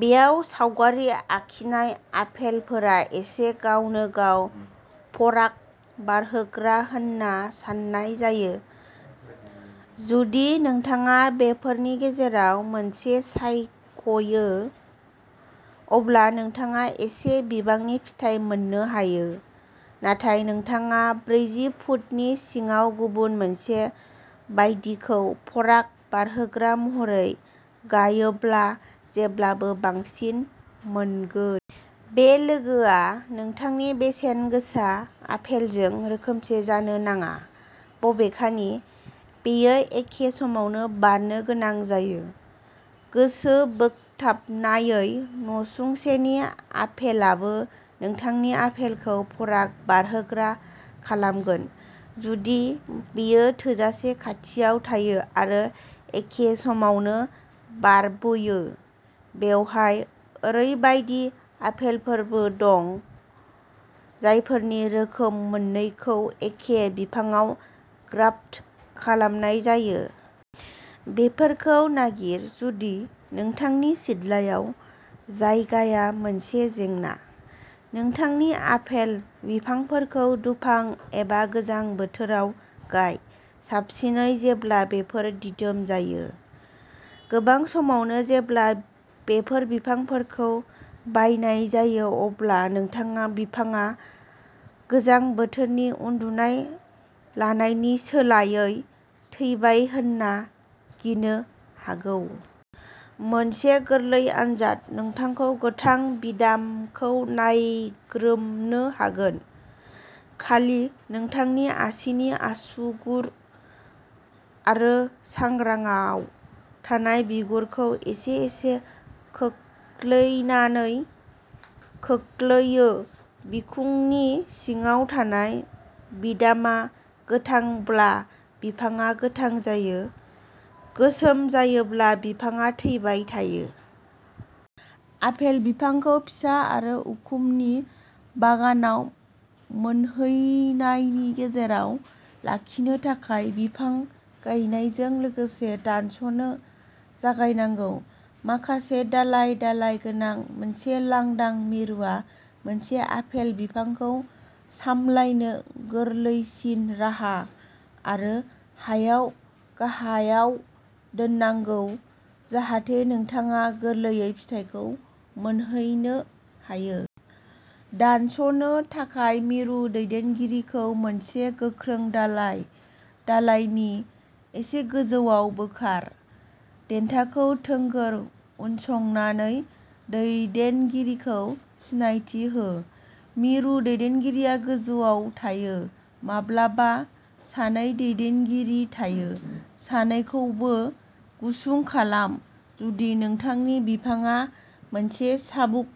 बेयाव सावगारि आखिनाय आपेलफोरा एसे गावनो-गाव पराग-बारहोग्रा होनना साननाय जायो। जुदि नोंथाङा बेफोरनि गेजेराव मोनसे सायखयो, अब्ला नोंथाङा एसे बिबांनि फिथाइ मोननो हायो, नाथाय नोंथाङा ब्रैजि फुटनि सिङाव गुबुन मोनसे बायदिखौ पराग-बारहोग्रा महरै गायोब्ला जेब्लाबो बांसिन मोनगोन। बे लोगोआ नोंथांनि बेसेनगोसा आपेलजों रोखोमसे जानो नाङा। बबेखानि, बेयो एखे समावनो बारनो गोनां जायो। गोसोबोकथाबनायै, नसुंसेनि आपेलाबो नोंथांनि आपेलखौ पराग-बारहोग्रा खालामगोन जुदि बेयो थोजासे खाथियाव थायो आरो एखे समावनो बारबोयो। बेवहाय ओरैबायदि आपेलफोरबो दं जायफोरनि रोखोम मोननैखौ एखे बिफांआव ग्राफ्ट खालामनाय जायो। बेफोरखौ नागिर जुदि नोंथांनि सिथ्लायाव जायगाया मोनसे जेंना। नोंथांनि आपेल बिफांफोरखौ दुफां एबा गोजां बोथोराव गाय, साबसिनै जेब्ला बेफोर दिदोम जायो। गोबां समावनो, जेब्ला बेफोर बिफांफोरखौ बायनाय जायो, अब्ला नोंथाङा बिफांआ गोजां बोथोरनि उनदुनाय लानायनि सोलायै थैबाय होनना गिनो हागौ। मोनसे गोरलै आनजाद नोंथांखौ गोथां बिदामखौ नायग्रोमनो होगोन। खालि नोंथांनि आसिनि आसुगुर आरो सांग्राङाव थानाय बिगुरखौ एसे एसे खोख्लैनानै खोख्लैयो। बिखुंनि सिङाव थानाय बिदामआ गोथांब्ला बिफांआ गोथां जायो। गोसोम जायोब्ला बिफांआ थैबाय थायो। आफेल बिफांखौ फिसा आरो उखुमनि बागानाव मोनहैनायनि गेजेराव लाखिनो थाखाय बिफां गायनायजों लोगोसे दानस'नो जागायनांगौ। माखासे दालाइ दालाइ गोनां मोनसे लांदां मिरुआ मोनसे आफेल बिफांखौ सामलायनो गोरलैसिन राहा आरो हायाव गाहायाव दोननांगौ जाहाथे नोंथाङा गोरलैयै फिथाइखौ मोनहैनो हायो। दानस'नो थाखाय, मिरु दैदेनगिरिखौ मोनसे गोख्रों दालाइ दालायनि एसे गोजौआव बोखार। देन्थाखौ थोंगोर उनसंनानै दैदेनगिरिखौ सिनायथि हो। मिरु दैदेनगिरिया गोजौआव थायो। माब्लाबा सानै दैदेनगिरि थायो। सानैखौबो गुसुं खालाम। जुदि नोंथांनि बिफांआ मोनसे चाबुक,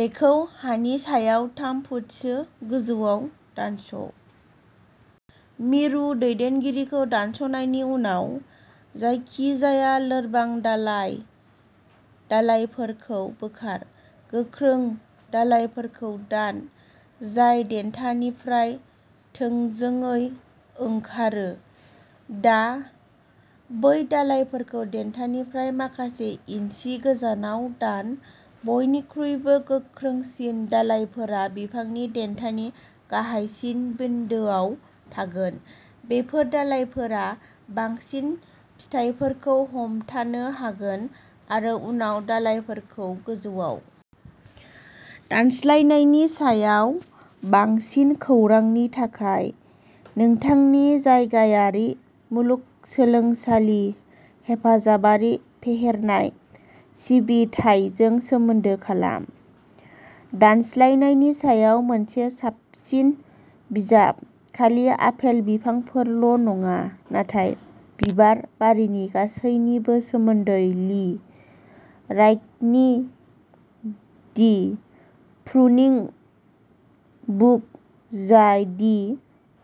बेखौ हानि सायाव थाम फुटसो गोजौआव दानस'। मिरु दैदेनगिरिखौ दानस'नायनि उनाव, जायखिजाया लोरबां दालाइ दालाइफोरखौ बोखार। गोख्रों दालाइफोरखौ दोन, जाय देन्थानिफ्राय थोंजोङै ओंखारो। दा बै दालाइफोरखौ देन्थानिफ्राय माखासे इन्सि गोजानाव दान। बयनिख्रुइबो गोख्रोंसिन दालाइफोरा बिफांनि देन्थानि गाहायसिन बिन्दोआव थागोन। बेफोर दालाइफोरा बांसिन फिथाइफोरखौ हमथानो हागोन आरो उनाव दालाइफोरखौ गोजौआव। दानस्लायनायनि सायाव बांसिन खौरांनि थाखाय, नोंथांनि जायगायारि मुलुगसोलोंसालि हेफाजाबारि फेहेरनाय सिबिथाइजों सोमोन्दो खालाम। दानस्लायनायनि सायाव मोनसे साबसिन बिजाब, खालि आपेल बिफांफोरल' नङा, नाथाय बिबार बारिनि गासैनिबो सोमोन्दै ली राइखनि दि प्रुनिं बुक, जाय दि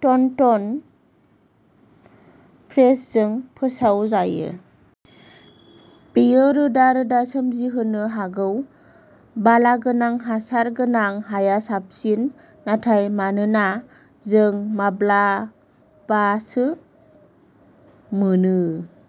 टन्टन प्रेसजों फोसावजायो। बेयो रोदा-रोदा सोमजिहोनो हागौ। बालागोनां हासार गोनां हाया साबसिन, नाथाय मानोना जों माब्लाबासो मोनो।